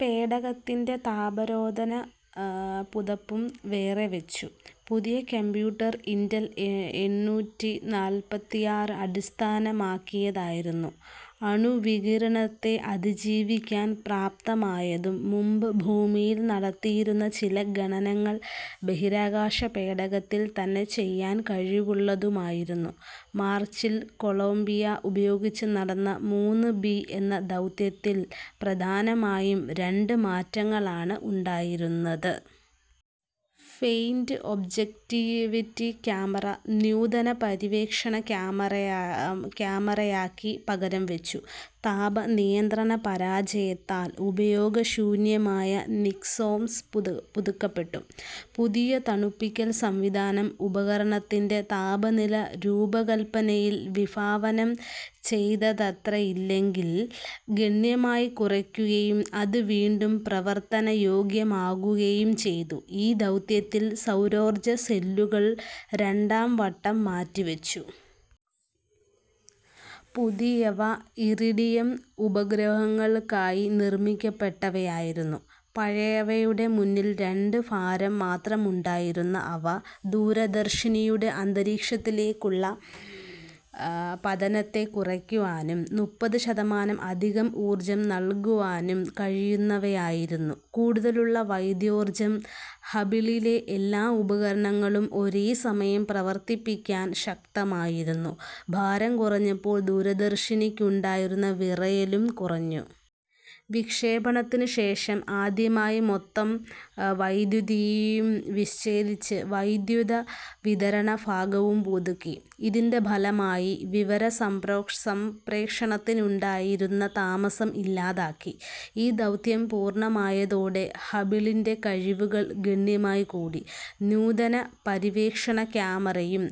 പേടകത്തിൻ്റെ താപരോധന പുതപ്പും വേറെ വെച്ചു. പുതിയ കമ്പ്യൂട്ടർ ഇന്റൽ എണ്ണൂറ്റി നാൽപ്പത്താറ് അടിസ്ഥാനമാക്കിയതായിരുന്നു. അണുവികിരണത്തെ അതിജീവിക്കാൻ പ്രാപ്തമായതും മുമ്പ് ഭൂമിയിൽ നടത്തിയിരുന്ന ചില ഗണനങ്ങൾ ബഹിരാകാശ പേടകത്തിൽ തന്നെ ചെയ്യാൻ കഴിവുള്ളതുമായിരുന്നു. മാർച്ചിൽ കൊളംബിയ ഉപയോഗിച്ച് നടന്ന മൂന്ന് ബി എന്ന ദൗത്യത്തിൽ പ്രധാനമായും രണ്ട് മാറ്റങ്ങളാണ് ഉണ്ടായിരുന്നത്. ഫെയിൻ്റ് ഒബ്ജക്റ്റിവിറ്റി ക്യാമറ നൂതന പര്യവേക്ഷണ ക്യാമറയാക്കി പകരംവെച്ചു. താപ നിയന്ത്രണ പരാജയത്താൽ ഉപയോഗശൂന്യമായ നിക്മോസ് പുതുക്കപ്പെട്ടു. പുതിയ തണുപ്പിക്കൽ സംവിധാനം ഉപകരണത്തിൻ്റെ താപനില രൂപകല്പനയിൽ വിഭാവനം ചെയ്തത്രയില്ലെങ്കിൽ ഗണ്യമായി കുറയ്ക്കുകയും അത് വീണ്ടും പ്രവർത്തനയോഗ്യമാവുകയും ചെയ്തു. ഈ ദൗത്യത്തിൽ സൗരോർജ്ജ സെല്ലുകൾ രണ്ടാം വട്ടം മാറ്റിവെച്ചു. പുതിയവ ഇറിഡിയം ഉപഗ്രഹങ്ങൾക്കായി നിർമ്മിക്കപ്പെട്ടവയായിരുന്നു. പഴയവയുടെ മൂന്നിൽ രണ്ട് ഭാരം മാത്രമുണ്ടായിരുന്ന അവ, ദൂരദർശിനിയുടെ അന്തരീക്ഷത്തിലേക്കുള്ള പതനത്തെ കുറയ്ക്കാനും മുപ്പത് ശതമാനം അധികം ഊർജ്ജം നൽകാനും കഴിയുന്നവയായിരുന്നു. കൂടുതലുള്ള വൈദ്യുതോർജ്ജം ഹബിളിലെ എല്ലാ ഉപകരണങ്ങളും ഒരേ സമയം പ്രവർത്തിപ്പിക്കാൻ ശക്തമായിരുന്നു. ഭാരം കുറഞ്ഞപ്പോൾ ദൂരദർശിനിക്കുണ്ടായിരുന്ന വിറയലും കുറഞ്ഞു. വിക്ഷേപണത്തിനു ശേഷം ആദ്യമായി മൊത്തം വൈദ്യുതിയും വിച്ഛേദിച്ച് വൈദ്യുത വിതരണ ഭാഗവും പുതുക്കി. ഇതിൻ്റെ ഫലമായി വിവരസംപ്രേഷണത്തിനുണ്ടായിരുന്ന താമസം ഇല്ലാതാക്കി. ഈ ദൗത്യം പൂർണ്ണമായതോടെ ഹബിളിൻ്റെ കഴിവുകൾ ഗണ്യമായി കൂടി. നൂതന പര്യവേക്ഷണ ക്യാമറയും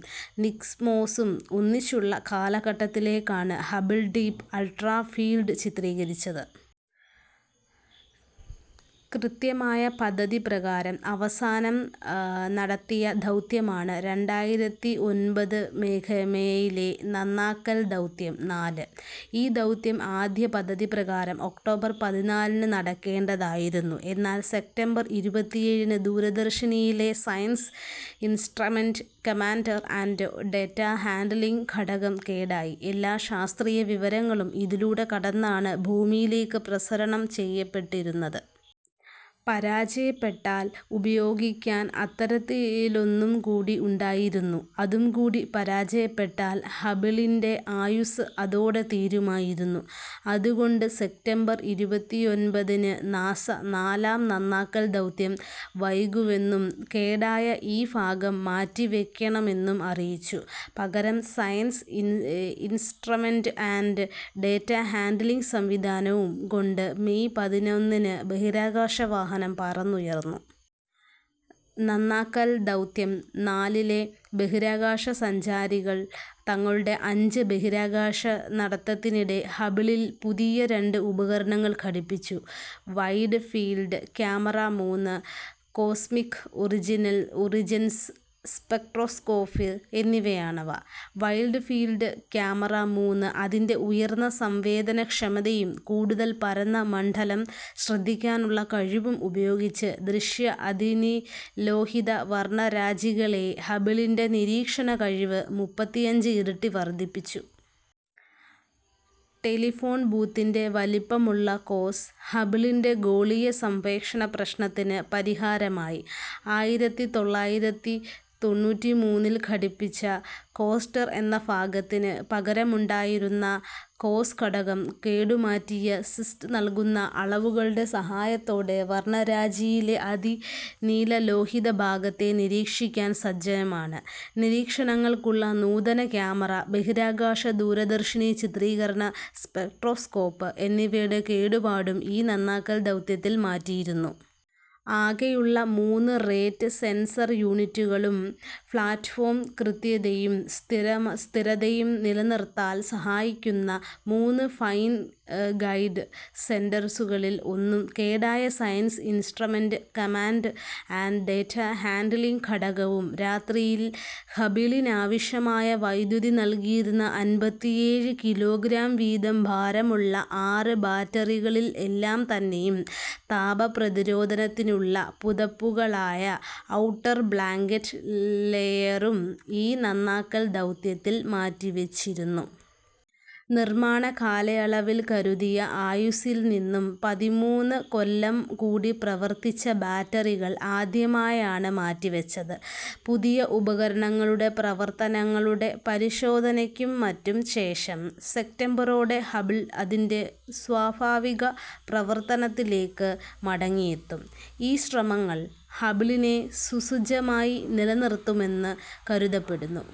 നിക്മോസും ഒന്നിച്ചുള്ള കാലഘട്ടത്തിലാണ് ഹബിൾ ഡീപ് അൾട്രാ ഫീൽഡ് ചിത്രീകരിച്ചത്. കൃത്യമായ പദ്ധതി പ്രകാരം അവസാനം നടത്തിയ ദൗത്യമാണ് രണ്ടായിരത്തി ഒൻപത് മേയിലെ നന്നാക്കൽ ദൗത്യം നാല്. ഈ ദൗത്യം ആദ്യ പദ്ധതിപ്രകാരം ഒക്ടോബർ പതിനാലിന് നടക്കേണ്ടതായിരുന്നു. എന്നാൽ സെപ്റ്റംബർ ഇരുപത്തേഴിന് ദൂരദർശിനിയിലെ science instrument command and data handling ഘടകം കേടായി. എല്ലാ ശാസ്ത്രീയ വിവരങ്ങളും ഇതിലൂടെ കടന്നാണ് ഭൂമിയിലേക്ക് പ്രസരണം ചെയ്യപ്പെട്ടിരുന്നത്. പരാജയപ്പെട്ടാൽ ഉപയോഗിക്കാൻ അത്തരത്തിലൊന്നു കൂടി ഉണ്ടായിരുന്നു. അതും കൂടി പരാജയപ്പെട്ടാൽ ഹബിളിൻ്റെ ആയുസ്സ് അതോടെ തീരുമായിരുന്നു. അതുകൊണ്ട് സെപ്റ്റംബർ ഇരുപത്തൊൻപതിന് നാസ നാലാം നന്നാക്കൽ ദൗത്യം വൈകുമെന്നും കേടായ ഈ ഭാഗം മാറ്റിവെയ്ക്കണമെന്നും അറിയിച്ചു. പകരം science instrument and data handling സംവിധാനവും കൊണ്ട് മേയ് പതിനൊന്നിന് ബഹിരാകാശ വാഹനം പറന്നുയർന്നു. നന്നാക്കൽ ദൗത്യം നാലിലെ ബഹിരാകാശ സഞ്ചാരികൾ തങ്ങളുടെ അഞ്ച് ബഹിരാകാശ നടത്തത്തിനിടെ ഹബിളിൽ പുതിയ രണ്ട് ഉപകരണങ്ങൾ ഘടിപ്പിച്ചു. വൈഡ് ഫീൽഡ് ക്യാമറ മൂന്ന്, കോസ്മിക് ഒറിജിൻസ് സ്പെക്ട്രോസ്കോപ്പ് എന്നിവയാണവ. വൈഡ് ഫീൽഡ് ക്യാമറ മൂന്ന് അതിൻ്റെ ഉയർന്ന സംവേദനക്ഷമതയും കൂടുതൽ പരന്ന മണ്ഡലം ശ്രദ്ധിക്കാനുള്ള കഴിവും ഉപയോഗിച്ച്, ദൃശ്യ അതിനീലലോഹിത വർണ്ണരാജികളിലെ ഹബിളിൻ്റെ നിരീക്ഷണ കഴിവ് മുപ്പത്തിയഞ്ച് ഇരട്ടി വർദ്ധിപ്പിച്ചു. ടെലിഫോൺ ബൂത്തിൻ്റെ വലിപ്പമുള്ള കോസ്, ഹബിളിൻ്റെ ഗോളീയ സംക്ഷേപണ പ്രശ്നത്തിന് പരിഹാരമായി ആയിരത്തി തൊള്ളായിരത്തി തൊണ്ണൂറ്റിമൂന്നിൽ ഘടിപ്പിച്ച കോസ്റ്റാർ എന്ന ഭാഗത്തിന് പകരമുണ്ടായിരുന്ന കോസ് ഘടകം, കേടുമാറ്റിയ സ്റ്റിസ് നൽകുന്ന അളവുകളുടെ സഹായത്തോടെ വർണ്ണരാജിയിലെ അതിനീലലോഹിത ഭാഗത്തെ നിരീക്ഷിക്കാൻ സജ്ജമാണ്. നിരീക്ഷണങ്ങൾക്കുള്ള നൂതന ക്യാമറ, ബഹിരാകാശ ദൂരദർശിനി ചിത്രീകരണ സ്പെക്ട്രോസ്കോപ്പ് എന്നിവയുടെ കേടുപാടും ഈ നന്നാക്കൽ ദൗത്യത്തിൽ മാറ്റിയിരുന്നു. ആകെയുള്ള മൂന്ന് റേറ്റ് സെൻസർ യൂണിറ്റുകളും, പ്ലാറ്റ്ഫോം കൃത്യതയും സ്ഥിരതയും നിലനിർത്താൻ സഹായിക്കുന്ന മൂന്ന് ഫൈൻ ഗൈഡൻസ് സെൻസറുകളിൽ ഒന്നും, കേടായ science instrument command and data handling ഘടകവും, രാത്രിയിൽ ഹബിളിനാവശ്യമായ വൈദ്യുതി നൽകിയിരുന്ന അൻപത്തിയേഴ് കിലോഗ്രാം വീതം ഭാരമുള്ള ആറ് ബാറ്ററികളിൽ എല്ലാം തന്നെയും, താപ പ്രതിരോധത്തിനുള്ള പുതപ്പുകളായ ഔട്ടർ ബ്ലാങ്കറ്റ് ലെയറും ഈ നന്നാക്കൽ ദൗത്യത്തിൽ മാറ്റിവെച്ചിരുന്നു. നിർമ്മാണ കാലയളവിൽ കരുതിയ ആയുസ്സിൽ നിന്നും പതിമൂന്ന് കൊല്ലം കൂടി പ്രവർത്തിച്ച ബാറ്ററികൾ ആദ്യമായാണ് മാറ്റിവെച്ചത്. പുതിയ ഉപകരണങ്ങളുടെ പ്രവർത്തനങ്ങളുടെ പരിശോധനയ്ക്കും മറ്റും ശേഷം സെപ്റ്റംബറോടെ ഹബിൾ അതിൻ്റെ സ്വാഭാവിക പ്രവർത്തനത്തിലേക്ക് മടങ്ങിയെത്തും. ഈ ശ്രമങ്ങൾ ഹബിളിനെ സുസജ്ജമായി നിലനിർത്തുമെന്ന് കരുതപ്പെടുന്നു.